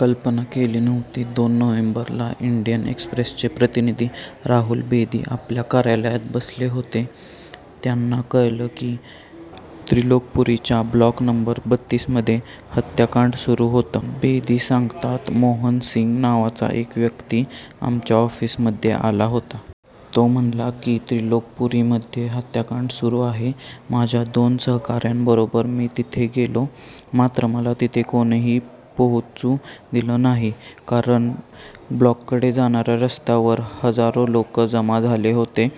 कल्पना केली नव्हती. दोन नोव्हेंबरला इंडियन एक्सप्रेसचे प्रतिनिधी राहुल बेदी आपल्या कार्यालयात बसले होते. त्यांना कळलं की त्रिलोकपुरीच्या ब्लॉक नंबर बत्तीसमध्ये हत्याकांड सुरू होतं. बेदी सांगतात, मोहन सिंग नावाचा एक व्यक्ती आमच्या ऑफिसमध्ये आला होता. तो म्हणाला की त्रिलोकपुरीमध्ये हत्याकांड सुरू आहे. माझ्या दोन सहकाऱ्यांबरोबर मी तिथे गेलो. मात्र मला तिथे कोणीही पोहोचू दिलं नाही. कारण ब्लॉककडे जाणाऱ्या रस्त्यावर हजारो लोक जमा झाले होते.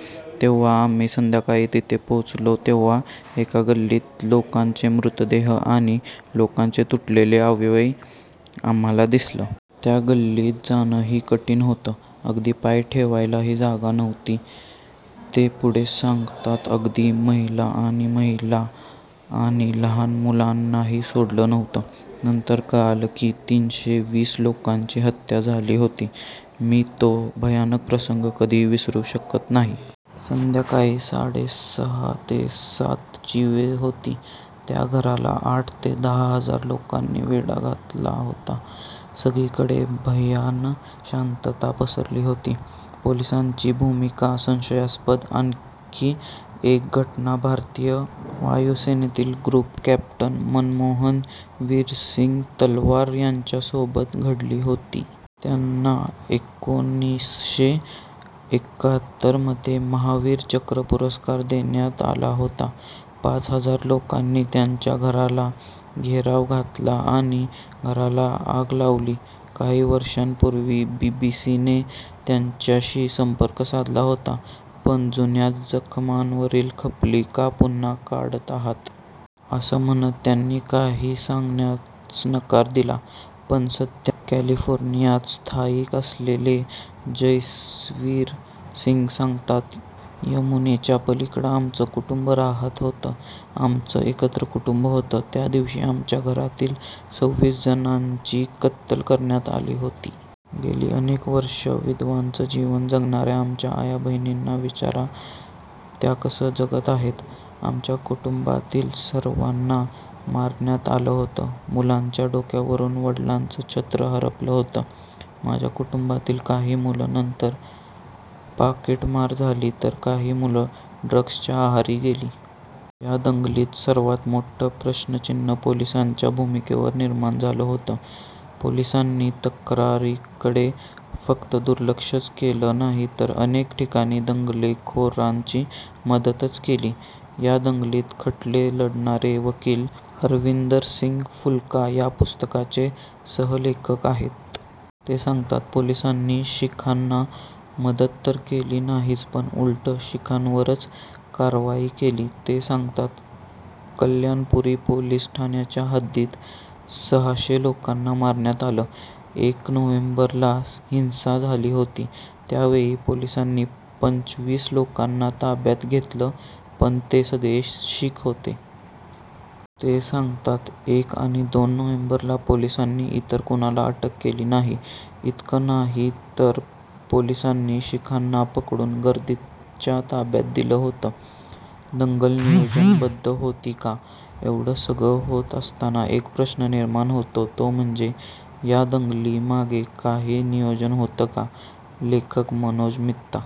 जेव्हा आम्ही संध्याकाळी तिथे पोहोचलो तेव्हा एका गल्लीत लोकांचे मृतदेह आणि लोकांचे तुटलेले अवयव आम्हाला दिसलं. त्या गल्लीत जाणंही कठीण होतं. अगदी पाय ठेवायलाही जागा नव्हती. ते पुढे सांगतात, अगदी महिला आणि महिला आणि लहान मुलांनाही सोडलं नव्हतं. नंतर कळलं की तीनशे वीस लोकांची हत्या झाली होती. मी तो भयानक प्रसंग कधीही विसरू शकत नाही. संध्याकाळी साडेसहा ते सातची वेळ होती. त्या घराला आठ ते दहा हजार लोकांनी वेढा घातला होता. सगळीकडे भयान शांतता पसरली होती. पोलिसांची भूमिका संशयास्पद आणखी एक घटना भारतीय वायुसेनेतील ग्रुप कॅप्टन मनमोहन वीरसिंग तलवार यांच्यासोबत घडली होती. त्यांना एकोणीसशे एकाहत्तरमध्ये महावीर चक्र पुरस्कार देण्यात आला होता. पाच हजार लोकांनी त्यांच्या घराला घेराव घातला आणि घराला आग लावली. काही वर्षांपूर्वी बीबीसीने त्यांच्याशी संपर्क साधला होता. पण जुन्या जखमांवरील खपली का पुन्हा काढत आहात? असं म्हणत त्यांनी काही सांगण्यास नकार दिला. पण सध्या कॅलिफोर्नियात स्थायिक असलेले जसवीर सिंग सांगतात, यमुनेच्या पलीकडे आमचं कुटुंब राहात होतं. आमचं एकत्र कुटुंब होतं. त्या दिवशी आमच्या घरातील सव्वीस जणांची कत्तल करण्यात आली होती. गेली अनेक वर्षं विधवांचं जीवन जगणाऱ्या आमच्या आयाबहिणींना विचार त्या कसं जगत आहेत? आमच्या कुटुंबातील सर्वांना मारण्यात आलं होतं. मुलांच्या डोक्यावरून वडिलांचं छत्र हरपलं होतं. माझ्या कुटुंबातील काही मुलं नंतर पाकीटमार झाली तर काही मुलं ड्रग्जच्या आहारी गेली. या दंगलीत सर्वांत मोठं प्रश्नचिन्ह पोलिसांच्या भूमिकेवर निर्माण झालं होतं. पोलिसांनी तक्रारींकडे फक्त दुलर्क्षचं केलं नाही तर अनेक ठिकाणी दंगलखोरांची मदतच केली. या दंगलीतील खटले लढणारे वकील हरविंदर सिंग फुल्का या पुस्तकाचे सहलेखक आहेत. ते सांगतात, पोलिसांनी शिखांना मदत तर केली नाहीच पण उलट शिखांवरच कारवाई केली. ते सांगतात, कल्याणपुरी पोलीस ठाण्याच्या हद्दीत सहाशे लोकांना मारण्यात आलं. एक नोव्हेंबरला हिंसा झाली होती. त्यावेळी पोलिसांनी पंचवीस लोकांना ताब्यात घेतलं पण ते सगळे शीख होते. ते सांगतात, एक आणि दोन नोव्हेंबरला पोलिसांनी इतर कुणाला अटक केली नाही. इतकंच नाही तर पोलिसांनी शिखांना पकडून गर्दीच्या ताब्यात दिलं होतं. दंगल नियोजनबद्ध होती का? एवढं सगळं होत असताना एक प्रश्न निर्माण होतो तो म्हणजे या दंगली मागे काही नियोजन होतं का? लेखक मनोज मित्ता